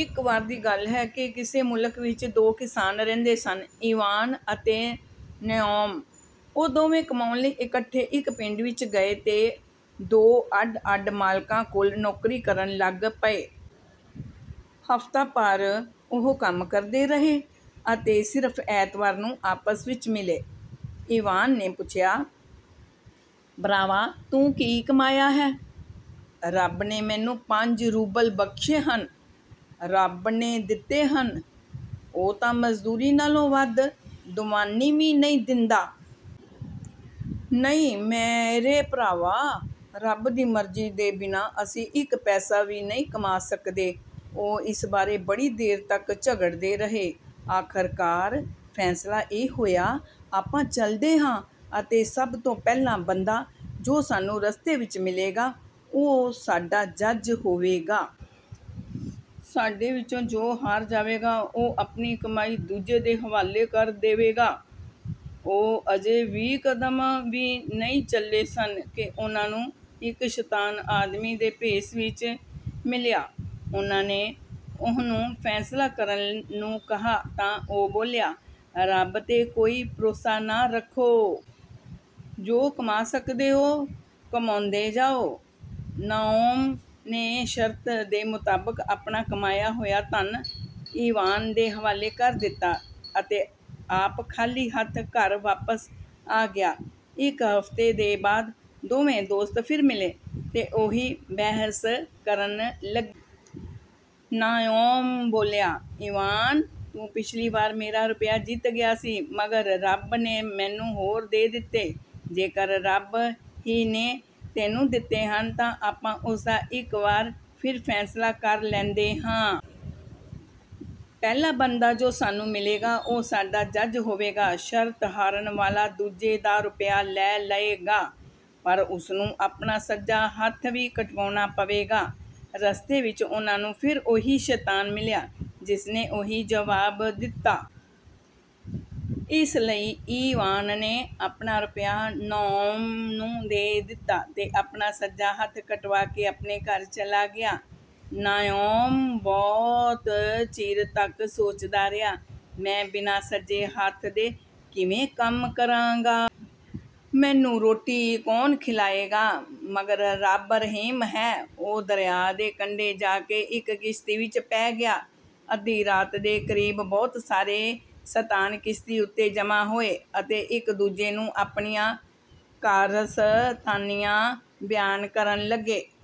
ਇੱਕ ਵਾਰ ਦੀ ਗੱਲ ਹੈ ਕਿ ਕਿਸੇ ਮੁਲਕ ਵਿੱਚ ਦੋ ਕਿਸਾਨ ਰਹਿੰਦੇ ਸਨ, ਇਵਾਨ ਅਤੇ ਨਾਓਮ। ਉਹ ਦੋਵੇਂ ਕਮਾਉਣ ਲਈ ਇਕੱਠੇ ਇੱਕ ਪਿੰਡ ਵਿੱਚ ਗਏ ਅਤੇ ਦੋ ਅੱਡ-ਅੱਡ ਮਾਲਕਾਂ ਕੋਲ ਨੌਕਰੀ ਕਰਨ ਲੱਗ ਪਏ। ਹਫ਼ਤਾ ਭਰ ਉਹ ਕੰਮ ਕਰਦੇ ਰਹੇ ਅਤੇ ਸਿਰਫ਼ ਐਤਵਾਰ ਨੂੰ ਆਪਸ ਵਿੱਚ ਮਿਲੇ। ਇਵਾਨ ਨੇ ਪੁੱਛਿਆ, “ਭਰਾਵਾ, ਤੂੰ ਕੀ ਕਮਾਇਆ ਹੈ?” “ਰੱਬ ਨੇ ਮੈਨੂੰ ਪੰਜ ਰੂਬਲ ਬਖ਼ਸ਼ੇ ਹਨ।” “ਰੱਬ ਨੇ ਦਿੱਤੇ ਹਨ? ਉਹ ਤਾਂ ਮਜ਼ਦੂਰੀ ਨਾਲੋਂ ਵੱਧ ਦੁਆਨੀ ਵੀ ਨਹੀਂ ਦਿੰਦਾ।” “ਨਹੀਂ, ਮੇਰੇ ਭਰਾਵਾ, ਰੱਬ ਦੀ ਮਰਜ਼ੀ ਦੇ ਬਿਨਾਂ ਅਸੀਂ ਇੱਕ ਪੈਸਾ ਵੀ ਨਹੀਂ ਕਮਾ ਸਕਦੇ।” ਉਹ ਇਸ ਬਾਰੇ ਬੜੀ ਦੇਰ ਤੱਕ ਝਗੜਦੇ ਰਹੇ। ਆਖ਼ਰਕਾਰ ਫ਼ੈਸਲਾ ਇਹ ਹੋਇਆ, “ਆਪਾਂ ਚੱਲਦੇ ਹਾਂ ਅਤੇ ਸਭ ਤੋਂ ਪਹਿਲਾ ਬੰਦਾ, ਜੋ ਸਾਨੂੰ ਰਸਤੇ ਵਿੱਚ ਮਿਲੇਗਾ, ਉਹ ਸਾਡਾ ਜੱਜ ਹੋਵੇਗਾ। ਸਾਡੇ ਵਿੱਚੋਂ ਜੋ ਹਾਰ ਜਾਵੇਗਾ, ਉਹ ਆਪਣੀ ਕਮਾਈ ਦੂਜੇ ਦੇ ਹਵਾਲੇ ਕਰ ਦੇਵੇਗਾ।” ਉਹ ਅਜੇ ਵੀਹ ਕਦਮ ਵੀ ਨਹੀਂ ਚੱਲੇ ਸਨ ਕਿ ਉਹਨਾਂ ਨੂੰ ਇੱਕ ਸ਼ੈਤਾਨ ਆਦਮੀ ਦੇ ਭੇਸ ਵਿੱਚ ਮਿਲਿਆ। ਉਹਨਾਂ ਨੇ ਉਹਨੂੰ ਫ਼ੈਸਲਾ ਕਰਨ ਨੂੰ ਕਿਹਾ ਤਾਂ ਉਹ ਬੋਲਿਆ, “ਰੱਬ 'ਤੇ ਕੋਈ ਭਰੋਸਾ ਨਾ ਰੱਖੋ। ਜੋ ਕਮਾ ਸਕਦੇ ਹੋ, ਕਮਾਉਂਦੇ ਜਾਓ।” ਨਾਓਮ ਨੇ ਸ਼ਰਤ ਦੇ ਮੁਤਾਬਕ ਆਪਣਾ ਕਮਾਇਆ ਹੋਇਆ ਧਨ ਇਵਾਨ ਦੇ ਹਵਾਲੇ ਕਰ ਦਿੱਤਾ ਅਤੇ ਆਪ ਖ਼ਾਲੀ ਹੱਥ ਘਰ ਵਾਪਸ ਆ ਗਿਆ। ਇੱਕ ਹਫ਼ਤੇ ਦੇ ਬਾਅਦ ਦੋਵੇਂ ਦੋਸਤ ਫਿਰ ਮਿਲੇ ਅਤੇ ਉਹੀ ਬਹਿਸ ਕਰਨ ਲੱਗੇ। ਨਾਓਮ ਬੋਲਿਆ, “ਇਵਾਨ, ਤੂੰ ਪਿੱਛਲੀ ਵਾਰ ਮੇਰਾ ਰੁਪਿਆ ਜਿੱਤ ਗਿਆ ਸੀ, ਮਗਰ ਰੱਬ ਨੇ ਮੈਨੂੰ ਹੋਰ ਦੇ ਦਿੱਤੇ।” “ਜੇਕਰ ਰੱਬ ਹੀ ਨੇ ਤੈਨੂੰ ਦਿੱਤੇ ਹਨ, ਤਾਂ ਆਪਾਂ ਉਸ ਦਾ ਇੱਕ ਵਾਰ ਫਿਰ ਫ਼ੈਸਲਾ ਕਰ ਲੈਂਦੇ ਹਾਂ। ਪਹਿਲਾ ਬੰਦਾ ਜੋ ਸਾਨੂੰ ਮਿਲੇਗਾ, ਉਹ ਸਾਡਾ ਜੱਜ ਹੋਵੇਗਾ। ਸ਼ਰਤ ਹਾਰਨ ਵਾਲਾ ਦੂਜੇ ਦਾ ਰੁਪਿਆ ਲੈ ਲਏਗਾ, ਪਰ ਉਸਨੂੰ ਆਪਣਾ ਸੱਜਾ ਹੱਥ ਵੀ ਕਟਵਾਉਣਾ ਪਵੇਗਾ।” ਰਸਤੇ ਵਿੱਚ ਉਹਨਾਂ ਨੂੰ ਫਿਰ ਉਹੀ ਸ਼ੈਤਾਨ ਮਿਲਿਆ, ਜਿਸਨੇ ਉਹੀ ਜਵਾਬ ਦਿੱਤਾ। ਇਸ ਲਈ ਇਵਾਨ ਨੇ ਆਪਣਾ ਰੁਪਿਆ ਨਾਓਮ ਨੂੰ ਦੇ ਦਿੱਤਾ ਅਤੇ ਆਪਣਾ ਸੱਜਾ ਹੱਥ ਕਟਵਾ ਕੇ ਆਪਣੇ ਘਰ ਚਲਾ ਗਿਆ। ਨਾਓਮ ਬਹੁਤ ਚਿਰ ਤੱਕ ਸੋਚਦਾ ਰਿਹਾ, “ਮੈਂ ਬਿਨਾਂ ਸੱਜੇ ਹੱਥ ਦੇ ਕਿਵੇਂ ਕੰਮ ਕਰਾਂਗਾ? ਮੈਨੂੰ ਰੋਟੀ ਕੌਣ ਖਿਲਾਏਗਾ? ਮਗਰ ਰੱਬ ਰਹੀਮ ਹੈ।” ਉਹ ਦਰਿਆ ਦੇ ਕੰਢੇ ਜਾ ਕੇ ਇੱਕ ਕਿਸ਼ਤੀ ਵਿੱਚ ਪੈ ਗਿਆ। ਅੱਧੀ ਰਾਤ ਦੇ ਕ਼ਰੀਬ ਬਹੁਤ ਸਾਰੇ ਸ਼ੈਤਾਨ ਕਿਸ਼ਤੀ ਉੱਤੇ ਜਮ੍ਹਾਂ ਹੋਏ ਅਤੇ ਇੱਕ-ਦੂਜੇ ਨੂੰ ਆਪਣੀਆਂ ਕਾਰਸਤਾਨੀਆਂ ਬਿਆਨ ਕਰਨ ਲੱਗੇ।